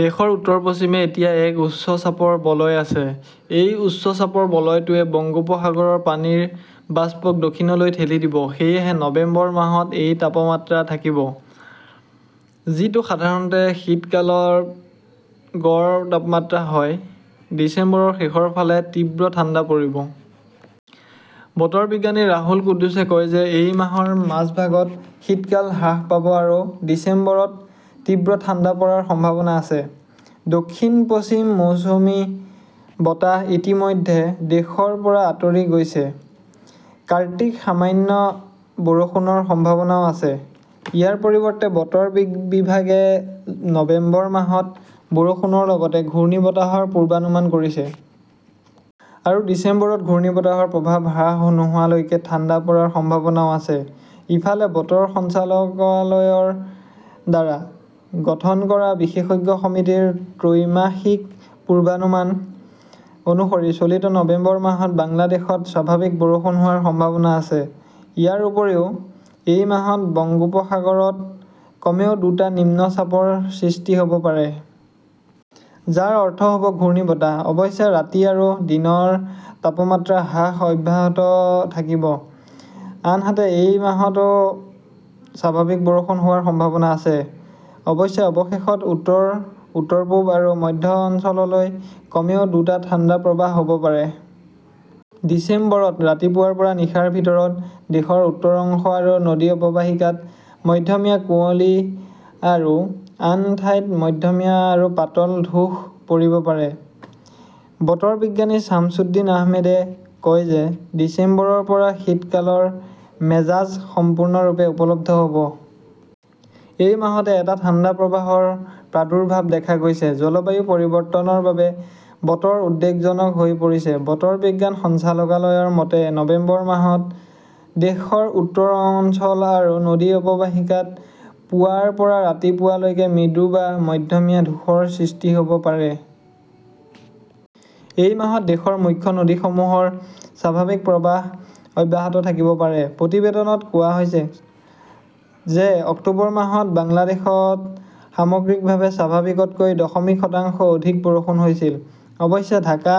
দেশৰ উত্তৰ-পশ্চিমে এতিয়া এক উচ্চ চাপৰ বলয় আছে। এই উচ্চ চাপৰ বলয়টোৱে বংগোপসাগৰৰ পানীৰ বাষ্পক দক্ষিণলৈ ঠেলি দিব। সেয়েহে নৱেম্বৰ মাহত এই তাপমাত্ৰা থাকিব। যিটো সাধাৰণতে শীতকালত গড় তাপমাত্ৰা হয়। ডিচেম্বৰৰ শেষৰ ফালে তীব্ৰ ঠাণ্ডা পৰিব। বতৰ বিজ্ঞানী ৰাহুল কুদ্দুছে কয় যে এই মাহৰ মাজভাগত শীতকাল হ্ৰাস পাব আৰু ডিচেম্বৰত তীব্ৰ ঠাণ্ডা পৰাৰ সম্ভাৱনা আছে। দক্ষিণ-পশ্চিম মৌচুমী বতাহ ইতিমধ্যে দেশৰ পৰা আঁতৰি গৈছে। কাৰ্তিক সামান্য বৰষুণৰ সম্ভাৱনাও আছে। ইয়াৰ পৰিৱৰ্তে, বতৰ বিভাগে নৱেম্বৰ মাহত বৰষুণৰ লগতে ঘূৰ্ণীবতাহৰ পূৰ্বানুমান কৰিছে। আৰু ডিচেম্বৰত ঘূৰ্ণীবতাহৰ প্ৰভাৱ হ্ৰাস নোহোৱালৈকে ঠাণ্ডা পৰাৰ সম্ভাৱনাও আছে। ইফালে, বতৰ সঞ্চালকালয়ৰ দ্বাৰা গঠন কৰা বিশেষজ্ঞ সমিতিৰ ত্ৰৈমাসিক পূৰ্বানুমান অনুসৰি চলিত নৱেম্বৰ মাহত বাংলাদেশত স্বাভাৱিক বৰষুণ হোৱাৰ সম্ভাৱনা আছে। ইয়াৰ উপৰিও, এই মাহত বংগোপসাগৰত কমেও দুটা নিম্নচাপৰ সৃষ্টি হʼব পাৰে। যাৰ অৰ্থ হʼব ঘূৰ্ণীবতাহ। অৱশ্যে, ৰাতি আৰু দিনৰ তাপমাত্ৰা হ্ৰাস অব্যাহত থাকিব। আনহাতে, এই মাহতো স্বাভাৱিক বৰষুণ হোৱাৰ সম্ভাৱনা আছে। অৱশ্যে, অৱশেষত উত্তৰ, উত্তৰ-পূব আৰু মধ্য অঞ্চললৈ কমেও দুটা ঠাণ্ডা প্ৰৱাহ হ 'ব পাৰে। ডিচেম্বৰত ৰাতিপুৱাৰ পৰা নিশাৰ ভিতৰত দেশৰ উত্তৰ অংশ আৰু নদী অৱবাহিকাত মধ্যমীয়া কুঁৱলী আৰু আন ঠাইত মধ্যমীয়া আৰু পাতল ধূস পৰিব পাৰে। বতৰ বিজ্ঞানী ছামছুদ্দিন আহমেদে কয় যে ডিচেম্বৰৰ পৰা শীতকালৰ মেজাজ সম্পূৰ্ণৰূপে উপলব্ধ হʼব। এই মাহতে এটা ঠাণ্ডা প্ৰৱাহৰ প্ৰাদুৰ্ভাৱ দেখা গৈছে। জলবায়ু পৰিৱৰ্তনৰ বাবে বতৰ উদ্বেগজনক হৈ পৰিছে। বতৰ বিজ্ঞান সঞ্চালকালয়ৰ মতে, নৱেম্বৰ মাহত দেশৰ উত্তৰ অঞ্চল আৰু নদী অৱবাহিকাত পুৱাৰ পৰা ৰাতিপুৱা লৈকে মৃদু বা মধ্যমীয়া ধূসৰ সৃষ্টি হʼব পাৰে। এই মাহত দেশৰ মুখ্য নদীসমূহৰ স্বাভাৱিক প্ৰৱাহ অব্যাহত থাকিব পাৰে। প্ৰতিবেদনত কোৱা হৈছে যে অক্টোবৰ মাহত বাংলাদেশত সামগ্ৰিকভাৱে স্বাভাৱিকতকৈ দশমিক শতাংশ অধিক বৰষুণ হৈছিল। অৱশ্যে, ঢাকা,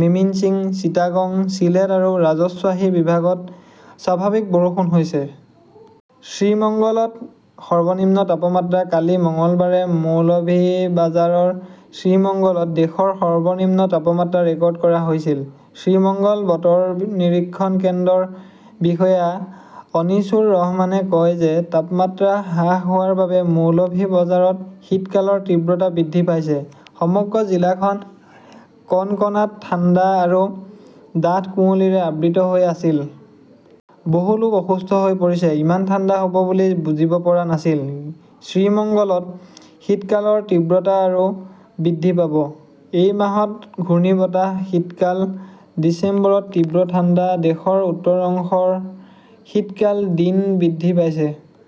মেমিন্সিং, চিটাগং, চিলেট আৰু ৰাজশ্বাহী বিভাগত স্বাভাৱিক বৰষুণ হৈছে। শ্ৰীমঙ্গলত সৰ্বনিম্ন তাপমাত্ৰা কালি মঙলবাৰে মৌলভিবাজাৰৰ শ্ৰীমঙ্গলত দেশৰ সৰ্বনিম্ন তাপমাত্ৰা ৰেকৰ্ড কৰা হৈছিল। শ্ৰীমঙ্গল বতৰ নিৰীক্ষণ কেন্দ্ৰৰ বিষয়া অনিছুৰ ৰহমানে কয় যে তাপমাত্ৰা হ্ৰাস হোৱাৰ বাবে মৌলভি বজাৰত শীতকালৰ তীব্ৰতা বৃদ্ধি পাইছে। সমগ্ৰ জিলাখন কনকনাত ঠাণ্ডা আৰু ডাঠ কুঁৱলীৰে আবৃত হৈ আছিল। বহু লোক অসুস্থ হৈ পৰিছে। ইমান ঠাণ্ডা হ‍ʼব বুলি বুজিব পৰা নাছিল। শ্ৰীমঙ্গলত শীতকালৰ তীব্ৰতা আৰু বৃদ্ধি পাব। এই মাহত ঘূৰ্ণীবতাহ-শীতকাল, ডিচেম্বৰত তীব্ৰ ঠাণ্ডা দেশৰ উত্তৰ অংশৰ শীতকাল দিন বৃদ্ধি পাইছে।